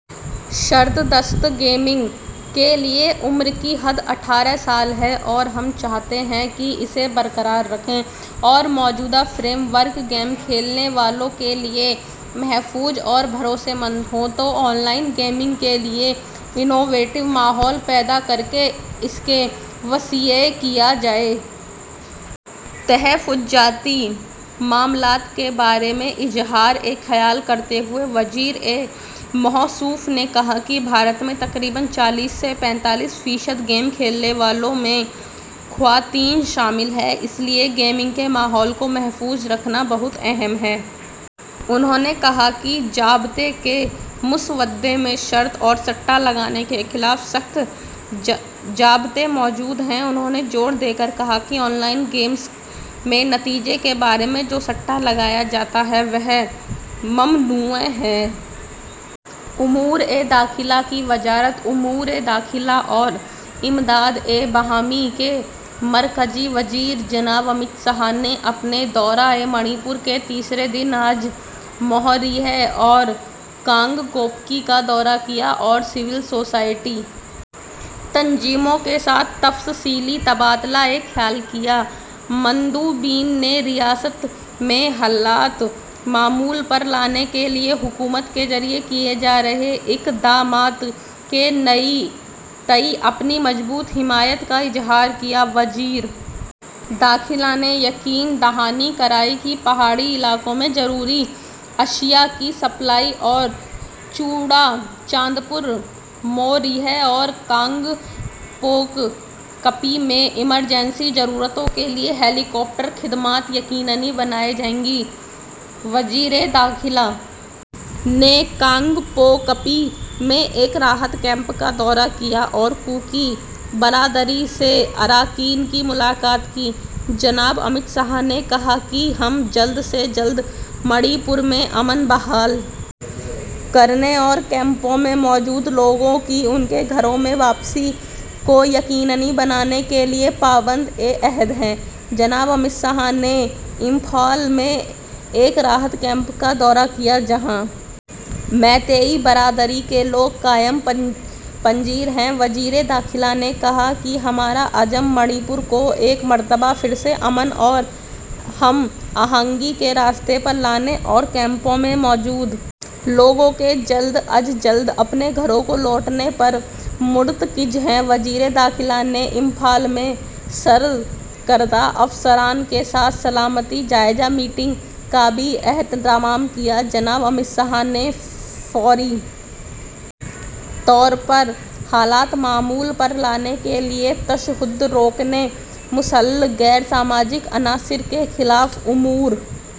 شرددست gaming کے لئے عمر کی حد اٹھارہ سال ہے اور ہم چاہتے ہیں کہ اسے برقرار رکھیں اور موجودہ فریم ورک گیم کھیلنے والوں کے لئے محفوظ اور بھروسے مند ہو تو آن لائن گیمنگ کے لئے اختراعی ماحول پید ا کرکے اس کو وسیع کیا جائے۔ تحفظاتی معاملات کے بارے میں اظہار خیال کرتے ہوئے وزیر موہصوف نے کہا کہ بھارت میں تقریباََ چالیس سے پینتالیس فیصد گیم کھیلنے والو ں میں خواتین شامل ہیں اس لئے گیمنگ کے ماحول کو محفوظ رکھنا بہت اہم ہے۔ انہوں نے کہا کہ ضابطے کے مسودے میں شرط اور سٹہ لگانے کے خلاف سخت ضابطے موجود ہیں۔ انہوں نے زور دے کر کہا کہ آن لائن گیمس میں نتیجے کے بارے میں جو سٹہ لگایا جاتا ہے وہ ممنوعہ ہے۔ امور داخلہ کی وزارت امورِ داخلہ اور امدادِ باہمی کے مرکزی وزیر جناب امت شاہ نے اپنے دورۂ منی پور کے تیسرے دن آج موریھ اور کانگ پوکپی کا دورہ کیااور سول سوسائٹی تنظیموں کے ساتھ تفصیلی تبادلہ خیال کیا مندوبین نے ریاست میں حالات معمول پر لانے کے لیے حکومت کے ذریعہ کیے جا رہے اقدامات کے تئیں اپنی مضبوط حمایت کا اظہار کیا وزیر داخلہ نے یقین دہانی کرائی کہ پہاڑی علاقوں میں ضروری اشیاء کی سپلائی اور چوڑاچاندپور، موریھ اور کانگ پوکپی میں ہنگامی ضرورتوں کے لیے ہیلی کاپٹر خدمات یقینی بنائی جائیں گی وزیر داخلہ نے کانگ پوکپی میں ایک راحتی کیمپ کا دورہ کیا اور کوکی برادری کے اراکین سے ملاقات کی، جناب امت شاہ نے کہا کہ ہم جلد سے جلد منی پور میں امن بحال کرنے اور کیمپوں میں موجود لوگوں کی ان کے گھروں میں واپسی کو یقینی بنانے کے لیے پابند عہد ہیں جناب امت شاہ نے امپھال میں ایک راحتی کیمپ کا دورہ کیا جہاں میتئی برادری کے لوگ قیام پذیر ہیں، وزیر داخلہ نے کہا کہ ہمارا عزم منی پور کو ایک مرتبہ پھر سے امن اور ہم آہنگی کے راستے پر لانے اور کیمپوں میں موجود لوگوں کے جلد از جلد اپنے گھروں کو لوٹنے پر مرتکز ہے وزیر داخلہ نے امپھال میں سرکردہ افسران کے ساتھ سلامتی جائزہ میٹنگ کا بھی اہتمام کیا، جناب امت شاہ نے فوری طور پر حالات معمول پر لانے کے لیے تشدد روکنے، مسلح غیر سماجی عناصر کے خل امورِ